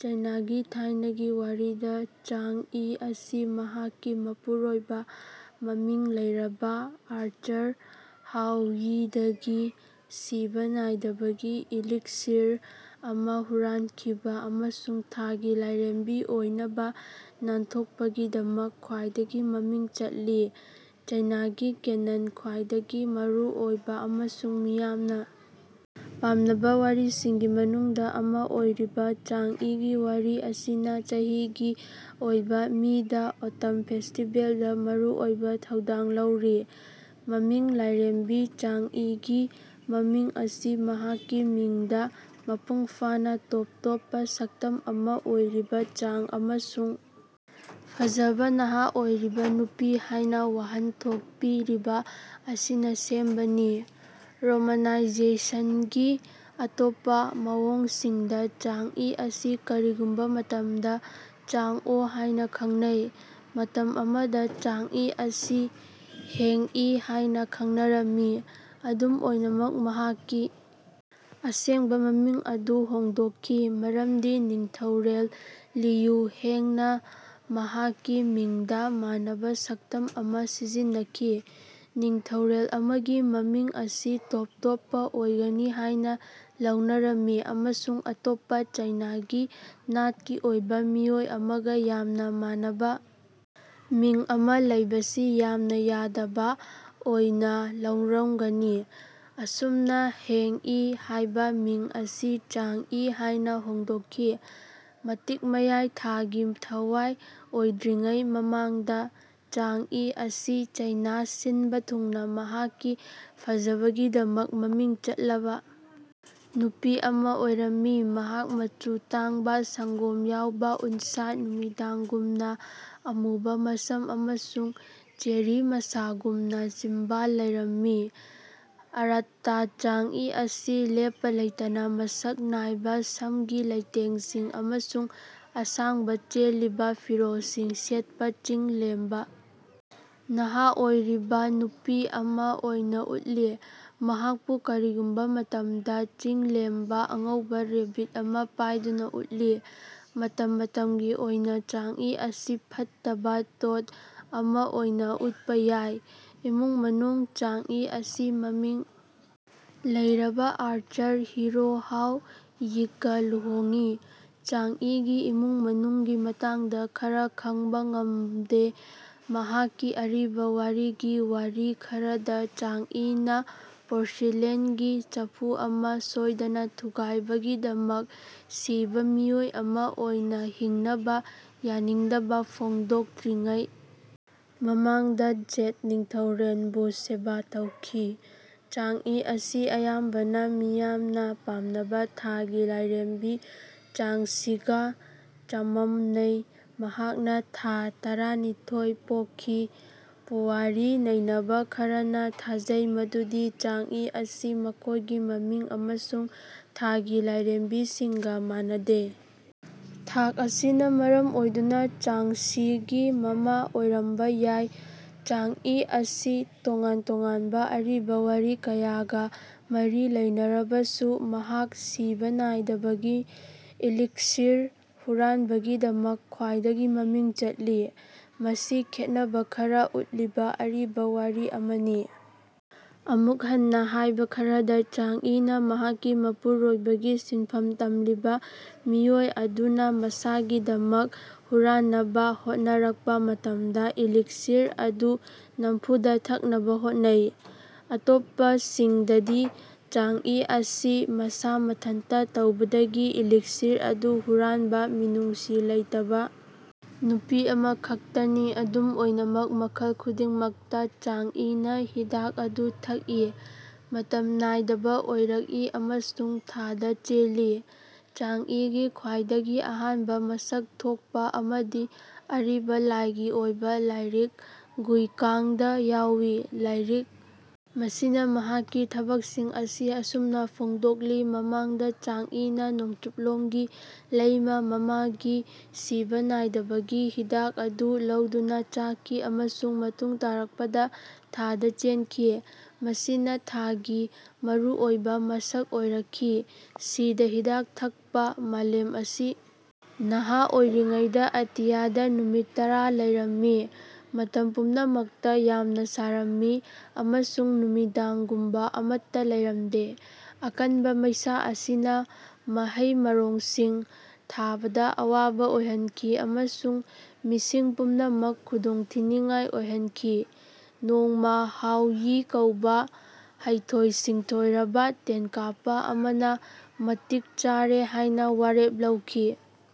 ꯆꯥꯏꯅꯥꯒꯤ ꯊꯥꯏꯅꯒꯤ ꯋꯥꯔꯤꯗ ꯆꯥꯡ ꯏ ꯑꯁꯤ ꯃꯍꯥꯛꯀꯤ ꯃꯄꯨꯔꯣꯏꯕ ꯃꯃꯤꯡ ꯂꯩꯔꯕ ꯑꯥꯔꯆꯔ ꯍꯥꯎ ꯌꯤ ꯗꯒꯤ ꯁꯤꯕ ꯅꯥꯏꯗꯕꯒꯤ ꯏꯂꯤꯛꯁꯤꯔ ꯑꯃ ꯍꯨꯔꯥꯟꯈꯤꯕ ꯑꯃꯁꯨꯡ ꯊꯥꯒꯤ ꯂꯥꯏꯔꯦꯝꯕꯤ ꯑꯣꯏꯅꯕ ꯅꯥꯟꯊꯣꯛꯄꯒꯤꯗꯃꯛ ꯈ꯭ꯋꯥꯏꯗꯒꯤ ꯃꯃꯤꯡ ꯆꯠꯂꯤ꯫ ꯆꯥꯏꯅꯥꯒꯤ ꯀꯦꯅꯟꯗ ꯈ꯭ꯋꯥꯏꯗꯒꯤ ꯃꯔꯨꯑꯣꯏꯕ ꯑꯃꯁꯨꯡ ꯃꯤꯌꯥꯝꯅ ꯄꯥꯝꯅꯕ ꯋꯥꯔꯤꯁꯤꯡꯒꯤ ꯃꯅꯨꯡꯗ ꯑꯃ ꯑꯣꯏꯔꯤꯕ ꯆꯥꯡ ꯏꯒꯤ ꯋꯥꯔꯤ ꯑꯁꯤꯅ ꯆꯍꯤꯒꯤ ꯑꯣꯏꯕ ꯃꯤꯗ ꯑꯣꯇꯝ ꯐꯦꯁꯇꯤꯕꯦꯜꯗ ꯃꯔꯨꯑꯣꯏꯕ ꯊꯧꯗꯥꯡ ꯂꯧꯔꯤ꯫ ꯃꯃꯤꯡ ꯂꯥꯏꯔꯦꯝꯕꯤ ꯆꯥꯡꯏꯒꯤ ꯃꯃꯤꯡ ꯑꯁꯤ ꯃꯍꯥꯛꯀꯤ ꯃꯤꯡꯗ ꯃꯄꯨꯡ ꯐꯥꯅ ꯇꯣꯞ ꯇꯣꯞꯄ ꯁꯛꯇꯝ ꯑꯃ ꯑꯣꯏꯔꯤꯕ ꯆꯥꯡ ꯑꯃꯁꯨꯡ ꯐꯖꯕ ꯅꯍꯥ ꯑꯣꯏꯔꯤꯕ ꯅꯨꯄꯤ ꯍꯥꯏꯅ ꯋꯥꯍꯟꯊꯣꯛ ꯄꯤꯔꯤꯕ ꯑꯁꯤꯅ ꯁꯦꯝꯕꯅꯤ꯫ ꯔꯣꯃꯥꯅꯥꯏꯖꯦꯁꯟꯒꯤ ꯑꯇꯣꯞꯄ ꯃꯑꯣꯡꯁꯤꯡꯗ ꯆꯥꯡ ꯏ ꯑꯁꯤ ꯀꯔꯤꯒꯨꯝꯕ ꯃꯇꯝꯗ ꯆꯥꯡ ꯑꯣ ꯍꯥꯏꯅ ꯈꯪꯅꯩ꯫ ꯃꯇꯝ ꯑꯃꯗ ꯆꯥꯡ ꯏ ꯑꯁꯤ ꯍꯦꯡ ꯏ ꯍꯥꯏꯅ ꯈꯪꯅꯔꯝꯃꯤ꯫ ꯑꯗꯨꯝ ꯑꯣꯏꯅꯃꯛ ꯃꯍꯥꯛꯀꯤ ꯑꯁꯦꯡꯕ ꯃꯃꯤꯡ ꯑꯗꯨ ꯍꯣꯡꯗꯣꯛꯈꯤ ꯃꯔꯝꯗꯤ ꯅꯤꯡꯊꯧꯔꯦꯜ ꯂꯤꯌꯨ ꯍꯦꯡ ꯅ ꯃꯍꯥꯛꯀꯤ ꯃꯤꯡꯗ ꯃꯥꯟꯅꯕ ꯁꯛꯇꯝ ꯑꯃꯥ ꯁꯤꯖꯤꯟꯅꯈꯤ꯫ ꯅꯤꯡꯊꯧꯔꯦꯜ ꯑꯃꯒꯤ ꯃꯃꯤꯡ ꯑꯁꯤ ꯇꯣꯞ ꯇꯣꯞꯄ ꯑꯣꯏꯒꯅꯤ ꯍꯥꯏꯅ ꯂꯧꯅꯔꯝꯃꯤ ꯑꯃꯁꯨꯡ ꯑꯇꯣꯞꯄ ꯆꯥꯏꯅꯥꯒꯤ ꯅꯥꯠꯀꯤ ꯑꯣꯏꯕ ꯃꯤꯑꯣꯏ ꯑꯃꯒ ꯌꯥꯝꯅ ꯃꯥꯟꯅꯕ ꯃꯤꯡ ꯑꯃ ꯂꯩꯕꯁꯤ ꯌꯥꯝꯅ ꯌꯥꯗꯕ ꯑꯣꯏꯅ ꯂꯧꯔꯝꯒꯅꯤ꯫ ꯑꯁꯨꯝꯅ ꯍꯦꯡ ꯏ ꯍꯥꯏꯕ ꯃꯤꯡ ꯑꯁꯤ ꯆꯥꯡ ꯏ ꯍꯥꯏꯅ ꯍꯣꯡꯗꯣꯛꯈꯤ꯫ ꯃꯇꯤꯛ ꯃꯌꯥꯏ ꯊꯥꯒꯤ ꯊꯋꯥꯏ ꯑꯣꯏꯗ꯭ꯔꯤꯉꯩ ꯃꯃꯥꯡꯗ ꯆꯥꯡ ꯏ ꯑꯁꯤ ꯆꯥꯏꯅꯥ ꯁꯤꯟꯕ ꯊꯨꯡꯅ ꯃꯍꯥꯛꯀꯤ ꯐꯖꯕꯒꯤꯗꯃꯛ ꯃꯃꯤꯡ ꯆꯠꯂꯕ ꯅꯨꯄꯤ ꯑꯃ ꯑꯣꯏꯔꯝꯃꯤ꯫ ꯃꯍꯥꯛ ꯃꯆꯨ ꯇꯥꯡꯕ ꯁꯪꯒꯣꯝ ꯌꯥꯎꯕ ꯎꯟꯁꯥ ꯅꯨꯃꯤꯗꯥꯡꯒꯨꯝꯅ ꯑꯃꯨꯕ ꯃꯁꯝ ꯑꯃꯁꯨꯡ ꯆꯦꯔꯤ ꯃꯁꯥꯒꯨꯝꯅ ꯆꯤꯝꯕꯥꯜ ꯂꯩꯔꯝꯃꯤ꯫ ꯑꯥꯔꯠꯇ ꯆꯥꯡ ꯏ ꯑꯁꯤ ꯂꯦꯞꯄ ꯂꯩꯇꯅ ꯃꯁꯛ ꯅꯥꯏꯕ ꯁꯝꯒꯤ ꯂꯩꯇꯦꯡꯁꯤꯡ ꯑꯃꯁꯨꯡ ꯑꯁꯥꯡꯕ ꯆꯦꯜꯂꯤꯕ ꯐꯤꯔꯣꯜꯁꯤꯡ ꯁꯦꯠꯄ ꯆꯤꯡꯂꯦꯝꯕ ꯅꯍꯥ ꯑꯣꯏꯔꯤꯕ ꯅꯨꯄꯤ ꯑꯃ ꯑꯣꯏꯅ ꯎꯠꯂꯤ꯫ ꯃꯍꯥꯛꯄꯨ ꯀꯔꯤꯒꯨꯝꯕ ꯃꯇꯝꯗ ꯆꯤꯡꯂꯦꯝꯕ ꯑꯉꯧꯕ ꯔꯦꯕꯤꯠ ꯑꯃ ꯄꯥꯏꯗꯨꯅ ꯎꯠꯂꯤ꯫ ꯃꯇꯝ ꯃꯇꯝꯒꯤ ꯑꯣꯏꯅ ꯆꯥꯡ ꯏ ꯑꯁꯤ ꯐꯠꯇꯕ ꯇꯣꯗ ꯑꯃ ꯑꯣꯏꯅ ꯎꯠꯄ ꯌꯥꯏ꯫ ꯏꯃꯨꯡ ꯃꯅꯨꯡ ꯆꯥꯡ ꯏ ꯑꯁꯤ ꯃꯃꯤꯡ ꯂꯩꯔꯕ ꯑꯥꯔꯆꯔ ꯍꯤꯔꯣ ꯍꯥꯎ ꯌꯤꯒ ꯂꯨꯍꯣꯡꯏ꯫ ꯆꯥꯡ ꯏꯒꯤ ꯏꯃꯨꯡ ꯃꯅꯨꯡꯒꯤ ꯃꯇꯥꯡꯗ ꯈꯔ ꯈꯪꯕ ꯉꯝꯗꯦ꯫ ꯃꯍꯥꯛꯀꯤ ꯑꯔꯤꯕ ꯋꯥꯔꯤꯒꯤ ꯋꯥꯔꯤ ꯈꯔꯗ ꯆꯥꯡ ꯏꯅ ꯄꯣꯔꯁꯤꯂꯦꯟꯒꯤ ꯆꯐꯨ ꯑꯃ ꯁꯣꯏꯗꯅ ꯊꯨꯒꯥꯏꯕꯒꯤꯗꯃꯛ ꯁꯤꯕ ꯃꯤꯑꯣꯏ ꯑꯃ ꯑꯣꯏꯅ ꯍꯤꯡꯅꯕ ꯌꯥꯅꯤꯡꯗꯕ ꯐꯣꯡꯗꯣꯛꯇ꯭ꯔꯤꯉꯩ ꯃꯃꯥꯡꯗ ꯖꯦꯗ ꯅꯤꯡꯊꯧꯔꯦꯜꯕꯨ ꯁꯦꯕꯥ ꯇꯧꯈꯤ꯫ ꯆꯥꯡ ꯏ ꯑꯁꯤ ꯑꯌꯥꯝꯕꯅ ꯃꯤꯌꯥꯝꯅ ꯄꯥꯝꯅꯕ ꯊꯥꯒꯤ ꯂꯥꯏꯔꯦꯝꯕꯤ ꯆꯥꯡꯁꯤꯒ ꯆꯃꯝꯅꯩ ꯃꯍꯥꯛꯅ ꯊꯥ ꯇꯔꯥꯅꯤꯊꯣꯏ ꯄꯣꯛꯈꯤ꯫ ꯄꯨꯋꯥꯔꯤ ꯅꯩꯅꯕ ꯈꯔꯅ ꯊꯥꯖꯩ ꯃꯗꯨꯗꯤ ꯆꯥꯡ ꯏ ꯑꯁꯤ ꯃꯈꯣꯏꯒꯤ ꯃꯃꯤꯡ ꯑꯃꯁꯨꯡ ꯊꯥꯒꯤ ꯂꯥꯏꯔꯦꯝꯕꯤꯁꯤꯡꯒ ꯃꯥꯟꯅꯗ‌ꯦ ꯊꯥꯛ ꯑꯁꯤꯅ ꯃꯔꯝ ꯑꯣꯏꯗꯨꯅ ꯆꯥꯡꯁꯤꯒꯤ ꯃꯃꯥ ꯑꯣꯏꯔꯝꯕ ꯌꯥꯏ꯫ ꯆꯥꯡ ꯏ ꯑꯁꯤ ꯇꯣꯉꯥꯟ ꯇꯣꯉꯥꯟꯕ ꯑꯔꯤꯕ ꯋꯥꯔꯤ ꯀꯌꯥꯒ ꯃꯔꯤ ꯂꯩꯅꯔꯕꯁꯨ ꯃꯍꯥꯛ ꯁꯤꯕ ꯅꯥꯏꯗꯕꯒꯤ ꯏꯂꯤꯛꯁꯤꯔ ꯍꯨꯔꯥꯟꯕꯒꯤꯗꯃꯛ ꯈ꯭ꯋꯥꯏꯗꯒꯤ ꯃꯃꯤꯡ ꯆꯠꯂꯤ꯫ ꯃꯁꯤ ꯈꯦꯠꯅꯕ ꯈꯔ ꯎꯠꯂꯤꯕ ꯑꯔꯤꯕ ꯋꯥꯔꯤ ꯑꯃꯅꯤ꯫ ꯑꯃꯨꯛ ꯍꯟꯅ ꯍꯥꯏꯕ ꯈꯔꯗ ꯆꯥꯡ ꯏꯅ ꯃꯍꯥꯛꯀꯤ ꯃꯄꯨꯔꯣꯏꯕꯒꯤ ꯁꯤꯟꯐꯝ ꯇꯝꯂꯤꯕ ꯃꯤꯑꯣꯏ ꯑꯗꯨꯅ ꯃꯁꯥꯒꯤꯗꯃꯛ ꯍꯨꯔꯥꯟꯅꯕ ꯍꯣꯠꯅꯔꯛꯄ ꯃꯇꯝꯗ ꯏꯂꯤꯛꯁꯤꯔ ꯑꯗꯨ ꯅꯝꯐꯨꯗ ꯊꯛꯅꯕ ꯍꯣꯠꯅꯩ꯫ ꯑꯇꯣꯞꯄꯁꯤꯡꯗꯗꯤ ꯆꯥꯡ ꯏ ꯑꯁꯤ ꯃꯁꯥ ꯃꯊꯟꯇ ꯇꯧꯕꯗꯒꯤ ꯏꯂꯤꯛꯁꯤꯔ ꯑꯗꯨ ꯍꯨꯔꯥꯟꯕ ꯃꯤꯅꯨꯡꯁꯤ ꯂꯩꯇꯕ ꯅꯨꯄꯤ ꯑꯃꯈꯛꯇꯅꯤ꯫ ꯑꯗꯨꯝ ꯑꯣꯏꯅꯃꯛ ꯃꯈꯜ ꯈꯨꯗꯤꯡꯃꯛꯇ ꯆꯥꯡ ꯏꯅ ꯍꯤꯗꯥꯛ ꯑꯗꯨ ꯊꯛꯏ ꯃꯇꯝ ꯅꯥꯏꯗꯕ ꯑꯣꯏꯔꯛꯏ ꯑꯃꯁꯨꯡ ꯊꯥꯗ ꯆꯦꯜꯂꯤ꯫ ꯆꯥꯡ ꯏꯒꯤ ꯈ꯭ꯋꯥꯏꯗꯒꯤ ꯑꯍꯥꯟꯕ ꯃꯁꯛ ꯊꯣꯛꯄ ꯑꯃꯗꯤ ꯑꯔꯤꯕ ꯂꯥꯏꯒꯤ ꯑꯣꯏꯕ ꯂꯥꯏꯔꯤꯛ ꯒꯨꯏ ꯀꯥꯡ ꯗ ꯌꯥꯎꯏ꯫ ꯂꯥꯏꯔꯤꯛ ꯃꯁꯤꯅ ꯃꯍꯥꯛꯀꯤ ꯊꯕꯛꯁꯤꯡ ꯑꯁꯤ ꯑꯁꯨꯝꯅ ꯐꯣꯡꯗꯣꯛꯂꯤ ꯃꯃꯥꯡꯗ ꯆꯥꯡ ꯏꯅ ꯅꯣꯡꯆꯨꯞꯂꯣꯝꯒꯤ ꯂꯩꯃ ꯃꯃꯥꯒꯤ ꯁꯤꯕ ꯅꯥꯏꯗꯕꯒꯤ ꯍꯤꯗꯥꯛ ꯑꯗꯨ ꯂꯧꯗꯨꯅ ꯆꯥꯈꯤ ꯑꯃꯁꯨꯡ ꯃꯇꯨꯡ ꯇꯥꯔꯛꯄꯗ ꯊꯥꯗ ꯆꯦꯟꯈꯤ ꯃꯁꯤꯅ ꯊꯥꯒꯤ ꯃꯔꯨꯑꯣꯏꯕ ꯃꯁꯛ ꯑꯣꯏꯔꯛꯈꯤ꯫ ꯁꯤꯗ ꯍꯤꯗꯥꯛ ꯊꯛꯄ ꯃꯥꯂꯦꯝ ꯑꯁꯤ ꯅꯍꯥ ꯑꯣꯏꯔꯤꯉꯩꯗ ꯑꯇꯤꯌꯥꯗ ꯅꯨꯃꯤꯠ ꯇꯔꯥ ꯂꯩꯔꯝꯃꯤ꯫ ꯃꯇꯝ ꯄꯨꯝꯅꯃꯛꯇ ꯌꯥꯝꯅ ꯁꯥꯔꯝꯃꯤ ꯑꯃꯁꯨꯡ ꯅꯨꯃꯤꯗꯥꯡꯒꯨꯝꯕ ꯑꯃꯠꯇ ꯂꯩꯔꯝꯗꯦ꯫ ꯑꯀꯟꯕ ꯃꯩꯁꯥ ꯑꯁꯤꯅ ꯃꯍꯩ-ꯃꯔꯣꯡꯁꯤꯡ ꯊꯥꯕꯗ ꯑꯋꯥꯕ ꯑꯣꯏꯍꯟꯈꯤ ꯑꯃꯁꯨꯡ ꯃꯤꯁꯤꯡ ꯄꯨꯝꯅꯃꯛ ꯈꯨꯗꯣꯡꯊꯤꯅꯤꯡꯉꯥꯏ ꯑꯣꯏꯍꯟꯈꯤ꯫ ꯅꯣꯡꯃ ꯍꯥꯎ ꯌꯤ ꯀꯧꯕ ꯍꯩꯊꯣꯏ ꯁꯤꯡꯊꯣꯏꯔꯕ ꯇꯦꯟꯀꯥꯞꯄ ꯑꯃꯅ ꯃꯇꯤꯛ ꯆꯥꯔꯦ ꯍꯥꯏꯅ ꯋꯥꯔꯦꯞ ꯂꯧꯈꯤ꯫